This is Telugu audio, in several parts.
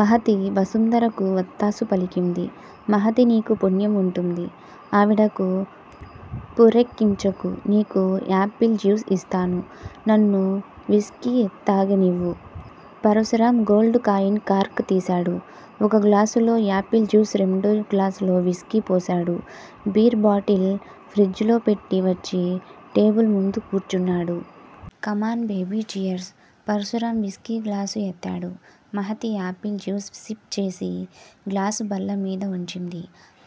మహతి వసుంధరకు వత్తాసు పలికింది. మహతీ! నీకు పుణ్యం ఉంటుంది. ఆవిడకు పురెక్కించకు. నీకు యాపిల్ జ్యూస్ ఇస్తాను. నన్ను విస్కీ తాగనివ్వు. పరశురాం గోల్డ్ కాయిన్ కార్క్ తీశాడు. ఒక గ్లాసులో యాపిల్ జ్యూస్ రెండో గ్లాసులో విస్కీ పోశాడు. బీర్ బాటిల్ ఫ్రిజ్‌లో పెట్టి వచ్చి టేబుల్ ముందు కూర్చున్నాడు. Come on baby cheers Parashuram whisky glass ఎత్తాడు. మహతి యాపిల్ జ్యూస్ సిప్ చేసి గ్లాసు బల్ల మీద ఉంచింది.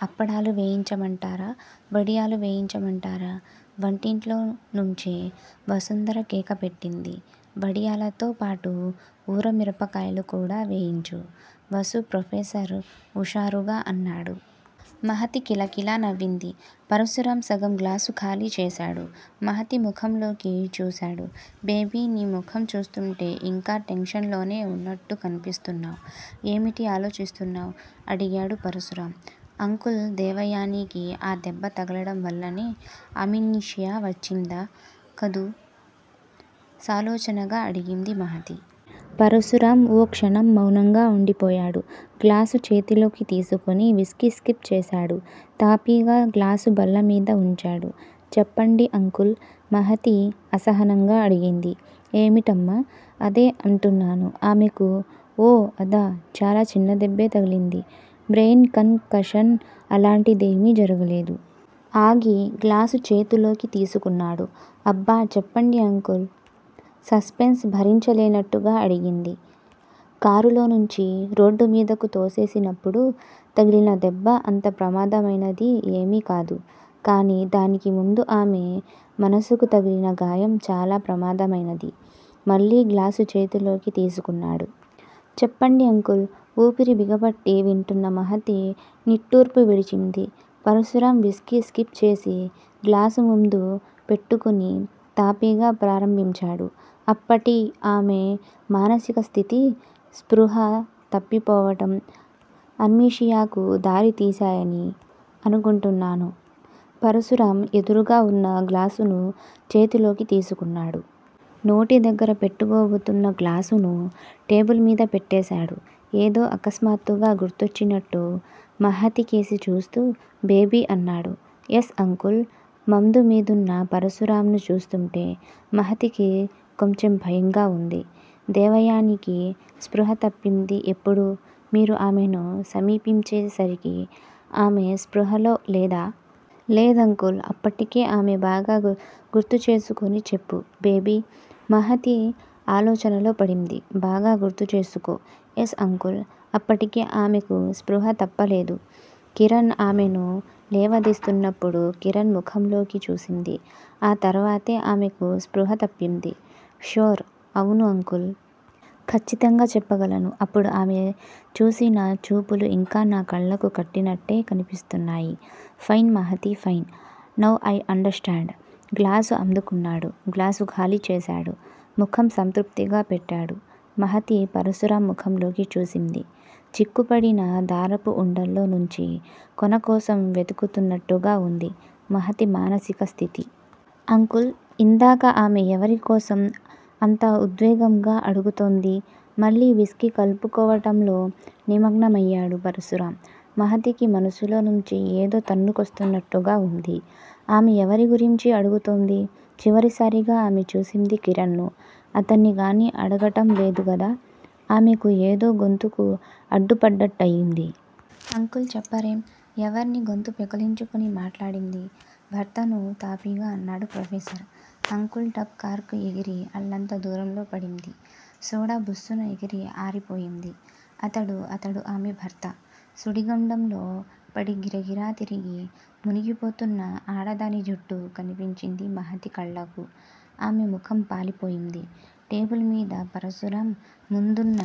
అప్పడాలు వేయించమంటారా వడియాలు వేయించమంటారా? వంటింట్లో నుంచే వసుంధర కేక పెట్టింది. వడియాలతో పాటు ఊర మిరపకాయలు కూడా వేయించు వసూ ప్రొఫెసర్ ఉషారుగా అన్నాడు. మహతి కిలకిలా నవ్వింది. పరశురాం సగం గ్లాసు ఖాళీ చేశాడు. మహతి ముఖంలోకి చూశాడు. బేబీ నీ మొహం చూస్తుంటే ఇంకా టెన్షన్‌లోనే ఉన్నట్టు కనిపిస్తున్నావ్. ఏమిటి ఆలోచిస్తున్నావ్? అడిగాడు పరశురాం. అంకుల్ దేవయానికి ఆ దెబ్బ తగలడం వల్లనే అమ్నీషియా వచ్చిందా కదూ సాలోచనగా అడిగింది మహతి. పరశురాం ఓ క్షణం మౌనంగా ఉండిపోయాడు. గ్లాసు చేతిలోకి తీసుకుని విస్కీ సిప్ చేశాడు. తాపీగా గ్లాసు బల్ల మీద ఉంచాడు. చెప్పండి అంకుల్ మహతి అసహనంగా అడిగింది. ఏమిటమ్మా! అదే అంటున్నాను. ఆమెకు ఓ అదా? చాలా చిన్న దెబ్బే తగిలింది. బ్రెయిన్ కన్‌కషన్ లాంటిదేమీ జరగలేదు. ఆగి గ్లాసు చేతిలోకి తీసుకున్నాడు. అబ్బా చెప్పండి అంకుల్ సస్పెన్స్ భరించలేనట్టుగా అడిగింది. కారులో నుంచి రోడ్డుమీదకు తోసేసినప్పుడు తగిలిన దెబ్బ అంత ప్రమాదమైంది ఏమీ కాదు. కానీ దానికి ముందు ఆమె మనసుకు తగిలిన గాయం చాలా ప్రమాదమైంది. మళ్లీ గ్లాసు చేతిలోకి తీసుకున్నాడు. చెప్పండి అంకుల్ ఊపిరి బిగబట్టి వింటున్న మహతి నిట్టూర్పు విడిచింది. పరశురాం విస్కీ సిప్ చేసి గ్లాసు ముందు పెట్టుకుని తాపీగా ప్రారంభించాడు. అప్పటి ఆమె మానసిక స్థితి స్పృహ తప్పిపోవడం అమ్నీషియాకు దారి తీశాయని అనుకుంటున్నాను. పరశురాం ఎదురుగా ఉన్న గ్లాసును చేతిలోకి తీసుకున్నాడు. నోటి దగ్గర పెట్టుకోబోతున్న గ్లాసును టేబుల్ మీద పెట్టేశాడు. ఏదో అకస్మాత్తుగా గుర్తొచ్చినట్టు మహతి కేసి చూస్తూ బేబీ అన్నాడు. Yes uncle. మందు మీదున్న పరశురాంను చూస్తుంటే మహతికి కొంచెం భయంగా ఉంది. దేవయానికి స్పృహ తప్పింది ఎప్పుడు? మీరు ఆమెను సమీపించే సరికి ఆమె స్పృహలో లేదా? లేదంకుల్. అప్పటికే ఆమె... బాగా గుర్తుచేసుకుని చెప్పు బేబీ. మహతి ఆలోచనలో పడింది. బాగా గుర్తు చేసుకో. Yes uncle. అప్పటికి ఆమెకు స్పృహ తప్పలేదు. కిరణ్ ఆమెను లేవదీస్తున్నప్పుడు కిరణ్ ముఖంలోకి చూసింది. ఆ తర్వాతే ఆమెకు స్పృహ తప్పింది. ష్యూర్! అవును అంకుల్. ఖచ్చితంగా చెప్పగలను. అప్పుడు ఆమె చూసిన చూపులు ఇంకా నా కళ్లకు కట్టినట్టే కనిపిస్తున్నాయి. Fine Mahati fine now I understand. Glass అందుకున్నాడు. గ్లాసు ఖాళీ చేశాడు. ముఖం సంతృప్తిగా పెట్టాడు. మహతి పరశురాం ముఖంలోకి చూసింది. చిక్కుపడిన దారపు ఉండలో నుంచి కొన కోసం వెదుకుతున్నట్టుగా ఉంది మహతి మానసిక స్థితి. అంకుల్ ఇందాక ఆమె ఎవరి కోసం అంత ఉద్వేగంగా అడుగుతోంది? మళ్లీ విస్కీ కలుపుకోవడంలో నిమగ్నమయ్యాడు పరశురాం. మహతికి మనసులో నుంచి ఏదో తన్నుకొస్తున్నట్టుగా ఉంది. ఆమె ఎవరి గురించి అడుగుతోంది. చివరిసారిగా ఆమె చూసింది కిరణ్‌ను. అతన్ని గానీ అడగడం లేదుగదా? ఆమెకు ఏదో గొంతుకు అడ్డుపడ్డట్టయింది. అంకుల్! చెప్పరేం? ఎవర్ని? గొంతు పెకిలించుకొని మాట్లాడింది. భర్తను తాపీగా అన్నాడు ప్రొఫెసర్. అంకుల్ టప్. కార్క్ ఎగిరి అల్లంత దూరంలో పడింది. సోడా బుస్సున పొంగి ఆరిపోయింది. అతడు అతడు ఆమె భర్తా? సుడిగుండంలో పడి గిరగిరా తిరిగి మునిగిపోతున్న ఆడదాని జుట్టు కనిపించింది మహతి కళ్లకు. ఆమె ముఖం పాలిపోయింది. టేబుల్ మీద పరశురాం ముందున్న.